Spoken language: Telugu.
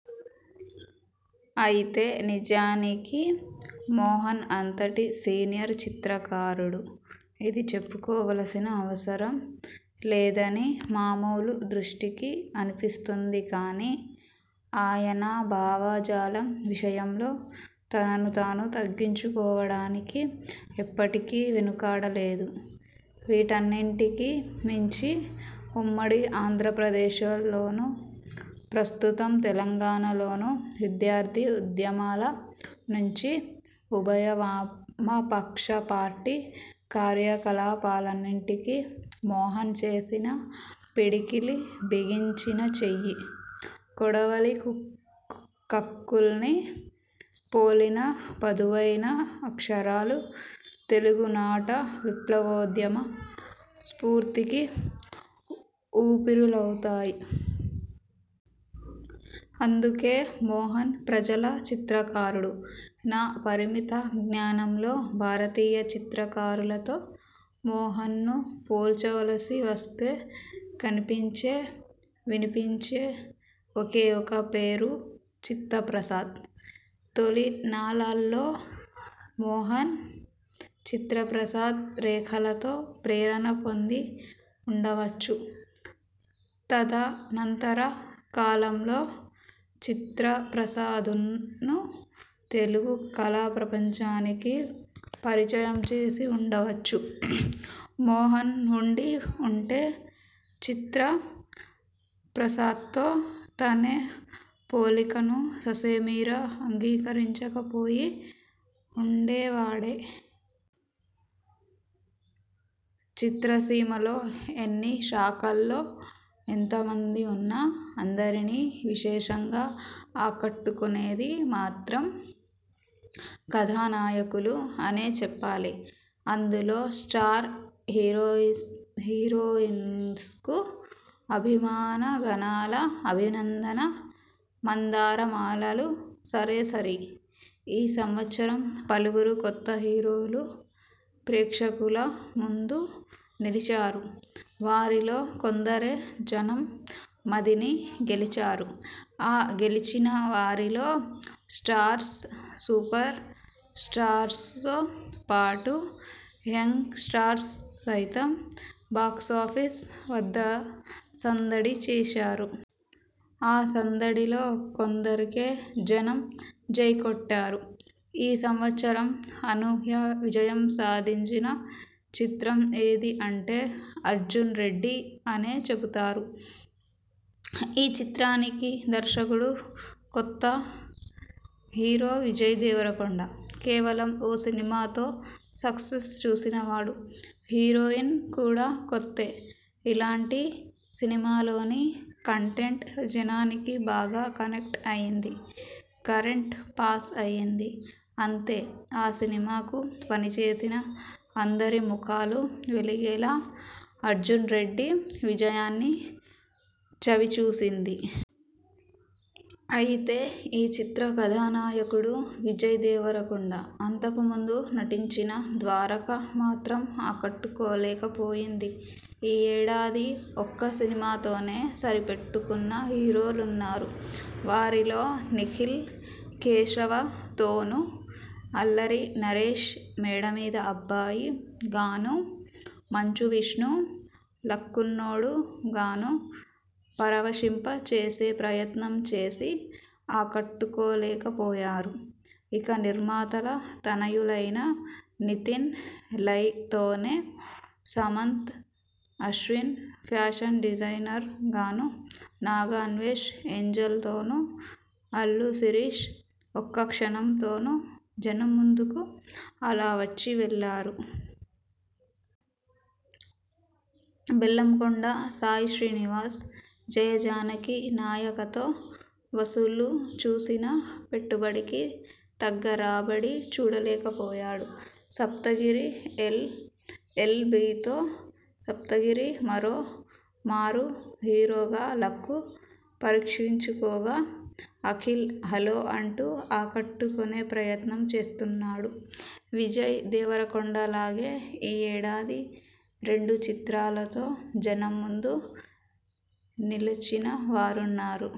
అయితే నిజానికి మోహన్ అంతటి సీనియర్ చిత్రకారుడు ఇది చెప్పుకోవలసిన అవసరం లేదని మామూలు దృష్టికి అనిపిస్తుంది కానీ, ఆయన భావజాలం విషయంలో తనను తాను తగ్గించుకోవడానికి ఎప్పటికీ వెనుకాడలేదు. వీటన్నింటికీ మించి ఉమ్మడి ఆంధ్రప్రదేశ్లోనూ, ప్రస్తుతం తెలంగాణలోనూ విద్యార్థి ఉద్యమాల నుంచి, ఉభయ వామపక్ష పార్టీ కార్యకలాపాలన్నింటికీ మోహన్ వేసిన పిడికిలి బిగించిన చెయ్యి, కొడవలి కక్కుల్ని పోలిన పదునైన అక్షరాలు తెలుగునాట విప్లవోద్యమ స్ఫూర్తికి ఊపిరులూదాయి. అందుకే మోహన్ ప్రజల చిత్రకారుడు. నా పరిమిత జ్ఞానంలో భారతీయ చిత్రకారులతో మోహన్ను పోల్చవలసి వస్తే కనిపించే, వినిపించే ఒకే ఒక పేరు చిత్త ప్రసాద్. తొలినాళ్లలో మోహన్ చిత్తప్రసాద్ రేఖలతో ప్రేరణ పొంది వుండవచ్చు, తదనంతర కాలంలో చిత్తప్రసాద్ను తెలుగు కళా ప్రపంచానికి పరిచయం చేసి వుండవచ్చు, మోహన్ వుండి వుంటే చిత్తప్రసాద్తో తన పోలికను ససేమిరా అంగీకరించకపోయి వుండేవాడే! చిత్రసీమలో ఎన్ని శాఖల్లో ఎంతమంది ఉన్నా, అందరినీ విశేషంగా ఆకట్టుకొనేది మాత్రం కథానాయకులు అనే చెప్పాలి. అందులో స్టార్ హీరోస్కు అభిమానగణాల అభినందన మందారమాలలు సరేసరి. ఈ సంవత్సరం పలువురు కొత్త హీరోలు ప్రేక్షకుల ముందు నిలిచారు. వారిలో కొందరే జనం మదిని గెలిచారు. ఆ గెలిచిన వారిలో స్టార్స్, సూపర్ స్టార్స్తో పాటు యంగ్ స్టార్స్ సైతం బాక్సాఫీస్ వద్ద సందడి చేశారు. ఆ సందడిలో కొందరికే జనం జై కొట్టారు. ఈ సంవత్సరం అనూహ్య విజయం సాధించిన చిత్రం ఏది అంటే 'అర్జున్ రెడ్డి' అనే చెబుతారు. ఈ చిత్రానికి దర్శకుడు కొత్త, హీరో విజయ్ దేవరకొండ కేవలం ఓ సినిమాతో సక్సెస్ చూసినవాడు, హీరోయిన్ కూడా కొత్తే- ఇలాంటి సినిమాలోని కంటెంట్ జనానికి బాగా కనెక్ట్ అయింది- కరెంట్ పాస్ అయింది- అంతే ఆ సినిమాకు పనిచేసిన అందరి ముఖాలు వెలిగేలా 'అర్జున్ రెడ్డి' విజయాన్ని చవిచూసింది. అయితే ఈ చిత్ర కథానాయకుడు విజయ్ దేవరకొండ అంతకుముందు నటించిన 'ద్వారక' మాత్రం ఆకట్టుకోలేకపోయింది. ఈ యేడాది ఒక్క సినిమాతోనే సరిపెట్టుకున్న హీరోలున్నారు. వారిలో నిఖిల్ 'కేశవ'తోనూ, అల్లరినరేశ్ 'మేడమీద అబ్బాయి'గానూ, మంచు విష్ణు 'లక్కున్నోడు'గానూ పరవశింప చేసే ప్రయత్నం చేసి ఆకట్టుకోలేకపోయారు. ఇక నిర్మాతల తనయులైన నితిన్ 'లై'తోనూ, సుమంత్ అశ్విన్ 'ఫ్యాషన్ డిజైనర్'గానూ, నాగ అన్వేష్ 'ఏంజెల్'తోనూ, అల్లు శిరీష్ 'ఒక్క క్షణం'తోనూ జనం ముందుకు అలా వచ్చి వెళ్ళారు. బెల్లంకొండ సాయిశ్రీనివాస్ 'జయ జానకి నాయక'తో వసూళ్ళు చూసినా, పెట్టుబడికి తగ్గ రాబడి చూడలేకపోయాడు. 'సప్తగిరి ఎల్. ఎల్. బి'తో సప్తగిరి మరోమారు హీరోగా లక్కు పరీక్షించుకుకోగా అఖిల్ 'హలో' అంటూ ఆకట్టుకొనే ప్రయత్నం చేస్తున్నాడు. విజయ్ దేవరకొండలాగే ఈ ఏడాది రెండు చిత్రాలతో జనం ముందు నిలచినవారున్నారు.